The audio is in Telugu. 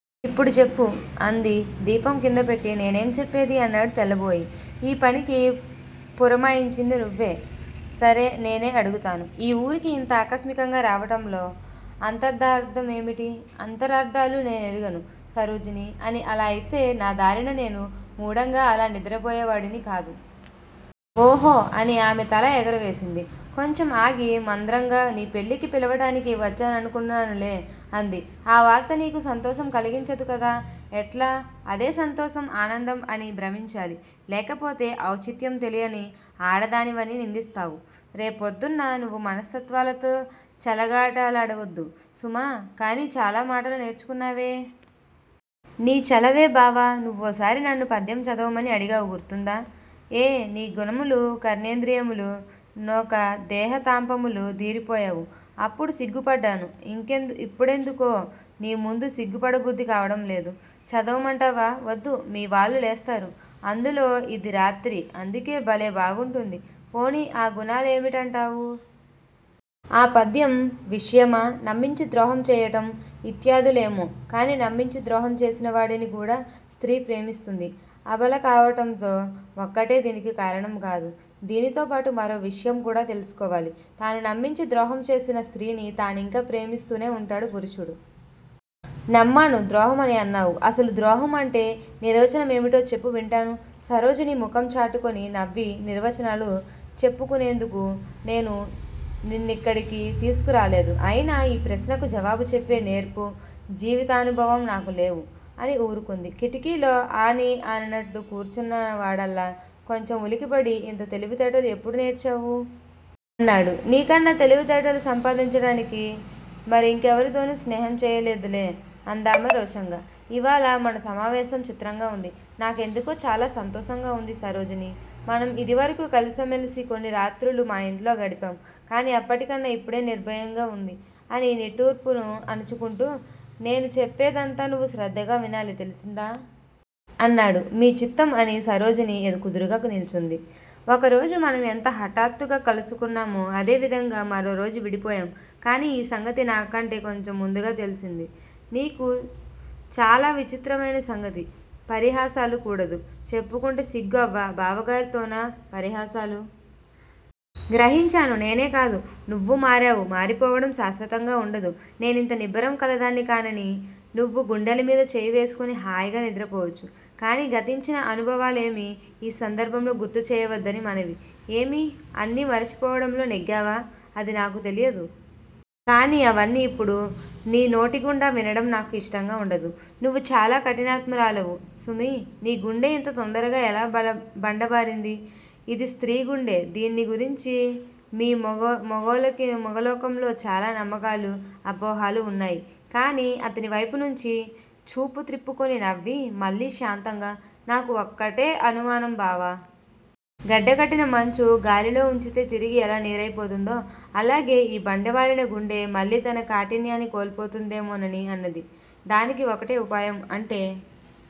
'ఇప్పుడు చెప్పు' అంది దీపం క్రిందపెట్టి. నేనేం చెప్పేది? అన్నాడు తెల్లబోయి. ఈ పనికి పురమాయించింది నువ్వు సరే, నేనే అడుగుతాను. ఈ ఊరికి యింత ఆకస్మికంగా రావటంలో అంతరార్దమేమిటి? అంతరార్దాలు నేనెరుగను సరోజినీ. అలా అయితే నా దారిన నేను మూఢంగా అలా నిద్రపోయేవాడిని కాదు. ఓహో! అని ఆమె తల ఎగురవేసింది. కొంచెం ఆగి మంద్రంగా నీ పెళ్ళికి పిలవటానికి వచ్చావనుకున్నానులే అంది. ఆ వార్త నీకు సంతోషం కలిగించదు కద! ఎట్లా? అదే సంతోషం, ఆనందం అని భ్రమించాలి. లేకపోతే ఔచిత్యం తెలియని ఆడదానివని నిందిస్తావు రేప్రొద్దున్న. నువ్వు మనస్తత్వాలతో చెలగాటాలాడవద్దు సుమా, కానీ చాలా మాటలు నేర్చుకున్నావే? నీ చలవే బావా! నువ్వోసారి నన్నో పద్యం చదవమని అడిగావు గుర్తుందా? ఏ నీ గుణములు కర్ణేంద్రియములు సోక దేహ తాపంబులు దీరిపోవు అప్పుడు సిగ్గుపడ్డాను. ఇప్పుడెందుకో నీముందు సిగ్గుపడబుద్ది కావడంలేదు. చదవమంటావా? వద్దు. మీవాళ్ళు లేస్తారు. అందులో యిది రాత్రి అందుకే భలే బాగుంటుంది పోనీ ఆ గుణాలేమిటంటావు? ఆ పద్యం విషయమా? నమ్మించి ద్రోహం చెయ్యటం-యిత్యాదు లేమో? కానీ నమ్మించి ద్రోహం చేసినవాడిని కూడా స్త్రీ ప్రేమిస్తుంది. అబల కావటం ఒక్కటే దీనికి కారణం కాదు. దీనితోబాటూ మరో విషయంకూడా తెలుసుకోవాలి. తాను నమ్మించి ద్రోహం చేసిన స్త్రీని తానింకా ప్రేమిస్తూనే వుంటాడు పురుషుడు! నమ్మాను ద్రోహం అని అన్నావు. అసలు ద్రోహం అంటే నిర్వచనమేమిటో చెప్పు వింటాను. సరోజిని ముఖం చాటుచేసుకుని నవ్వి నిర్వచనాలు చెప్పుకునేందుకు నేను నిన్నిక్కడికి తీసుకురాలేదు. అయినా ఈ ప్రశ్నకు జవాబుచెప్పే నేర్పు, జీవితానుభవం నాకు లేవు అనిఊరుకుంది. కిటికీలో ఆనీ ఆననట్లు కూర్చున్నవాడల్లా కొంచెం ఉలికిపడి ఇంత తెలివితేటలు ఎప్పుడు నేర్చావు? అన్నాడు. నీకన్నా తెలివితేటలు సంపాదించడానికి మరింకెవరితోనూ స్నేహం చేయలేదులే అందామె రోషంగా. 'ఇవాళ మన సమావేశం చిత్రంగా వుంది. నాకెందుకో చాలా సంతోషంగా వుంది సరోజినీ. మనం ఇదివరకు కలసిమెలసి కొన్ని రాత్రులు మా యింట్లో గడిపాం. కానీ అప్పటికన్నా యిప్పుడే నిర్భయంగా వుంది' అని నిట్టూర్పును అణచుకుంటూ 'నేను చెప్పేదంతా నువ్వు శ్రద్దగా వినాలి తెలిసిందా? ' అన్నాడు. మీ చిత్తం అని సరోజిని కుదురుగా నిల్చుంది. ఒకరోజు మనం ఎంత హఠాత్తుగా కలుసుకున్నామో, అదే విధంగా మరోరోజు విడిపోయాం కానీ యీ సంగతి నాకంటే కొంచెం ముందుగా తెలిసింది నీకు. చాలా విచిత్రమైన సంగతి. పరిహాసాలు కూడదు. చెప్పుకుంటే సిగ్గు అవ్వ, బావగారితోనా పరిహాసాలు? గ్రహించాను నేనే కాదు, నువ్వూ మారావు మారిపోవడం శాశ్వతంగా వుండదు. నేనింత నిబ్బరం కలదాన్ని కానని నువ్వు గుండెలమీద చెయ్యి వేసుకుని హాయిగా నిద్రపోవచ్చు. కానీ గతించిన అనుభవాలేమీ యీ సందర్భంలో గుర్తు చేయవద్దని మనవి. ఏమీ? అన్నీ మరచిపోవడంలో నెగ్గావా? అది నాకు తెలియదు. కానీ అవన్నీ యిప్పుడు నీ నోటిగుండా వినడం నాకు యిష్టంగా ఉండదు. నువ్వు చాలా కఠినాత్మురాలవు సుమీ! నీ గుండె ఇంత తొందరగా ఎలా బండబారింది? ఇది స్త్రీ గుండె దీన్ని గురించి మీ మొగలోకంలో చాలా నమ్మకాలు అపోహలూ వున్నాయి కానీ అతనివైపునుంచి చూపు త్రిప్పుకుని నవ్వి, మళ్ళీ శాంతంగా 'నాకు ఒక్కటే అనుమానం బావా! గడ్డ కట్టిన మంచు-గాలిలో వుంచితే తిరిగి ఎలా నీరైపోతుందో, అలాగే ఈ బండబారిన గుండె మళ్ళీ తన కాఠిన్యాన్ని కోల్పోతుందేమోనని అన్నది. దానికి ఒకటే ఉపాయం అంటే?